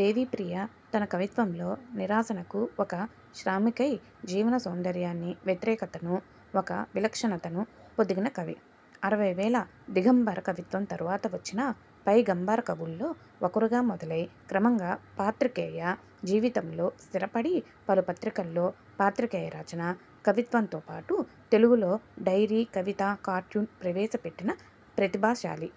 దేవిప్రియ తన కవిత్వంలో నిరసనకు ఒక శ్రమైక జీవన సౌందర్యాన్ని, వ్యతిరేకతకు ఒక విలక్షణతను పొదిగిన కవి. అరవైల దిగంబర కవిత్వం తర్వాత వచ్చిన పైగంబర కవుల్లో ఒకరుగా మొదలై, క్రమంగా పాత్రికేయ జీవితంలో స్థిరపడి, పలు పత్రికల్లో, పాత్రికేయ రచన, కవిత్వంతో పాటుగా, తెలుగులో డైలీ కవితా కార్టూన్ ప్రవేశపెట్టిన ప్రతిభాశాలి.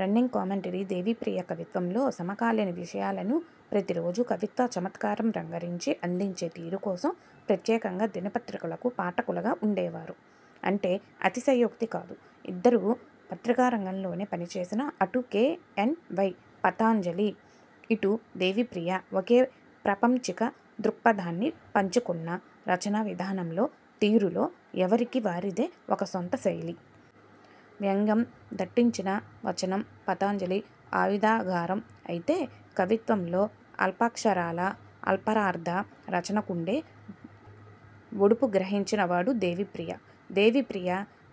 రన్నింగ్ కామెంటరీ దేవిప్రియ కవిత్వంలో సమకాలీన విషయాలను ప్రతీ రోజూ కవిత్వ చమత్కారం రంగరించి, అందించే తీరు కోసం, ప్రత్యేకంగా దినపత్రికలకు పాఠకులు ఉండేవారు అంటే, అతిశయోక్తి కాదు. ఇద్దరూ పత్రికా రంగంలోనే పనిచేసినా, అటు కె. ఎన్. వై. పతంజలి, ఇటు దేవిప్రియ, ఒకే ప్రాపంచిక దృక్పథాన్ని పంచుకున్నా, రచనా విధానంలో, తీరులో ఎవరికి వారిదే ఒక సొంత శైలి. వ్యంగ్యం దట్టించిన వచనం పతంజలి ఆయుధాగారం అయితే, కవిత్వంలో అల్పాక్షరాల అనల్పార్ధ రచనకుండే ఒడుపు గ్రహించిన వాడు దేవిప్రియ. దేవిప్రియ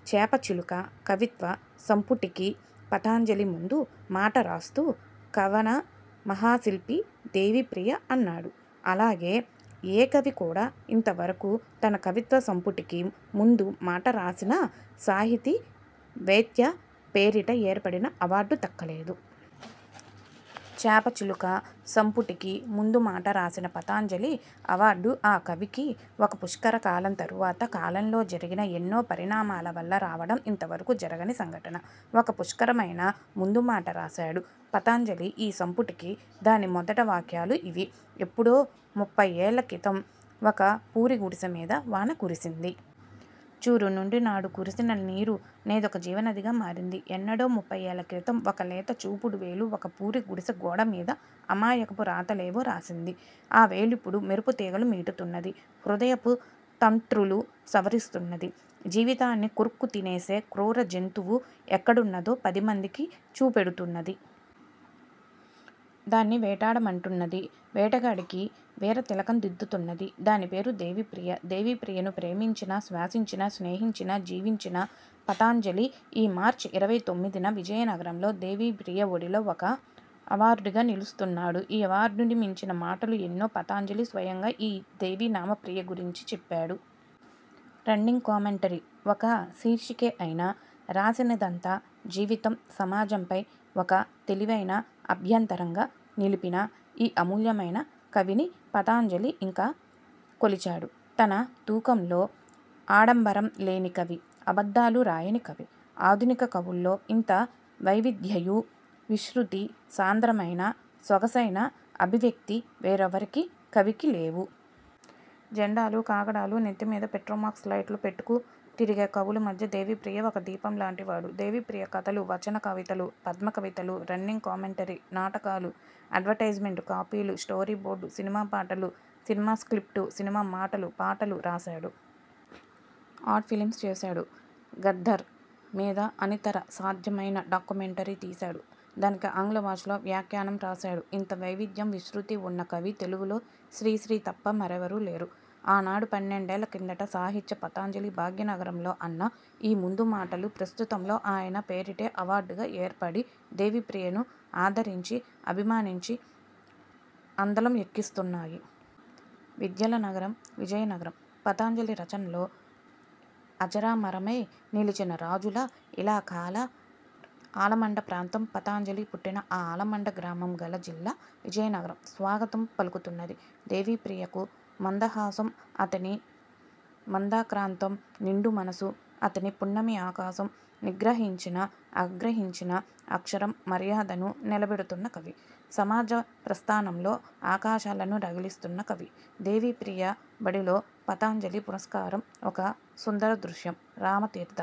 ''చేప చిలుక'' కవిత్వ సంపుటికి పతంజలి ముందు మాట రాస్తూ ''కవన మహాశిల్పి దేవిప్రియ'' అన్నాడు. అలాగే, ఏ కవికి కూడా ఇంతవరకూ, తన కవిత్వ సంపుటికి ముందు మాట రాసిన సాహితీ వేత్త పేరిట ఏర్పడిన అవార్డ్ దక్కలేదు. ''చేపచిలుక'' సంపుటికి ముందుమాట రాసిన పతంజలి అవార్డ్, ఆ కవికి ఒక పుష్కర కాలం తరువాత, కాలంలో జరిగే ఎన్నో పరిణామాల వల్ల రావడం ఇంతవరకూ జరగని సంఘటన. ఒక పుష్కలమైన ముందుమాట రాశాడు పతంజలి ఈ సంపుటికి.. దాని మొదటి వాక్యాలు ఇవి. ''ఎప్పుడో ముప్ఫయ్యేళ్ళ క్రితం ఒక పూరి గుడిసె మీద వాన కురిసింది. చూరు నుంచి నాడు కురిసిన నీరు నేదొక జీవనదిగా మారింది. ఎన్నడో ముప్ఫయ్యేళ్ళ క్రితం, ఒక లేత చూపుడు వేలు ఒక పూరి గుడిసె గోడ మీద అమాయకపు రాతలేవో రాసింది. ఆ వేలిప్పుడు మెరుపు తీగలు మీటుతున్నది, హృదయపు తంత్రులు సవరిస్తున్నది. జీవితాన్ని కొరుక్కు తినేసే క్రూర జంతువు ఎక్కడున్నదో పదిమందికీ చూపెడుతున్నది. దాన్ని వేటాడమంటున్నది. వేటగాళ్ళకి వీర తిలకం దిద్దుతున్నది. దాని పేరు దేవిప్రియ. '' దేవిప్రియను ప్రేమించిన, శ్వాసించిన, స్నేహించిన, జీవించిన పతంజలి, ఈ మార్చ్ ఇరవై తొమ్మిదిన విజయనగరంలో, దేవిప్రియ ఒడిలో ఒక అవార్డ్గా నిలుస్తున్నాడు. ఈ అవార్డ్ను మించిన మాటలు ఎన్నో పతంజలి స్వయంగా, ఈ ''దేవినామప్రియ'' గురించి చెప్పాడు. ''రన్నింగ్ కామెంటరీ'' ఒక శీర్షికే అయినా, రాసినదంతా, జీవితం, సమాజంపై ఒక తెలివైన అభ్యంతరంగా నిలిపిన ఈ అమూల్యమైన కవిని పతంజలి ఇలా కొలిచాడు తన తూకంలో. ''ఆడంబరం లేని కవి. అబద్ధాలు రాయని కవి. ఆధునిక కవుల్లో ఇంత వైవిధ్యమూ, విస్తృతీ, సాంద్రమైన, సొగసైన అభివ్యక్తీ వేరెవరికీ కవికీ లేవు''. ''జెండాలు, కాగడాలు, నెత్తి మీద పెట్రోమాక్స్ లైట్లు పెట్టుకు తిరిగే కవుల మధ్య దేవిప్రియ ఒక ద్వీపం లాంటి వాడు''. ''దేవిప్రియ కథలు, వచనకవితలు, పద్య కవితలు, రన్నింగ్ కామెంటరీ, నాటకలూ, అడ్వర్టైజ్మెంట్ కాపీలు, స్టోరీ బోర్డ్లూ, సినిమా పాటలు, సినిమా స్క్రిప్ట్లు, సినిమా మాటలు, పాటలు రాశాడు. ఆడ్ ఫిల్మ్లు చేశాడు. గద్దర్ మీద అనితరసాధ్యమైన డాక్యుమెంటరీ తీశాడు. దానికి ఆంగ్ల భాషలో వ్యాఖ్యానం రాశాడు. ఇంత వైవిధ్యం విస్తృతీ ఉన్న కవి, తెలుగులో శ్రీశ్రీ తప్ప మరెవరూ లేరు. '' ఆనాడు పన్నెండేళ్ళ కిందట, సాహిత్య పతంజలి, భాగ్యనగరంలో అన్న ఈ ముందు మాటలు, ప్రస్తుతంలో ఆయన పేరిటే అవార్డ్గా ఏర్పడి, దేవిప్రియను ఆదరించి, అభిమానించి, అందలం ఎక్కిస్తున్నాయి. విద్యల నగరం విజయనగరం, పతంజలి రచనల్లో అజరామరమై నిలిచిన రాజుల ఇలాకాల ఆలమండ ప్రాంతం, పతంజలి పుట్టిన ఆ ఆలమండ గ్రామం గల జిల్లా విజయనగరం, స్వాగతం పలుకుతున్నది దేవిప్రియకు. మందహాసం అతని మందాక్రాంతం. నిండు మనసు అతని పున్నమి ఆకాశం. నిగ్రహించినా, ఆగ్రహించినా అక్షరం మర్యాదను నిలబెడుతున్న కవి, సమాజ ప్రస్థానంలో ఆకాశాలను రగిలిస్తున్న కవి, దేవిప్రియ ఒడిలో, పతంజలి పురస్కారం, ఒక సుందర దృశ్యం. -రామతీర్థ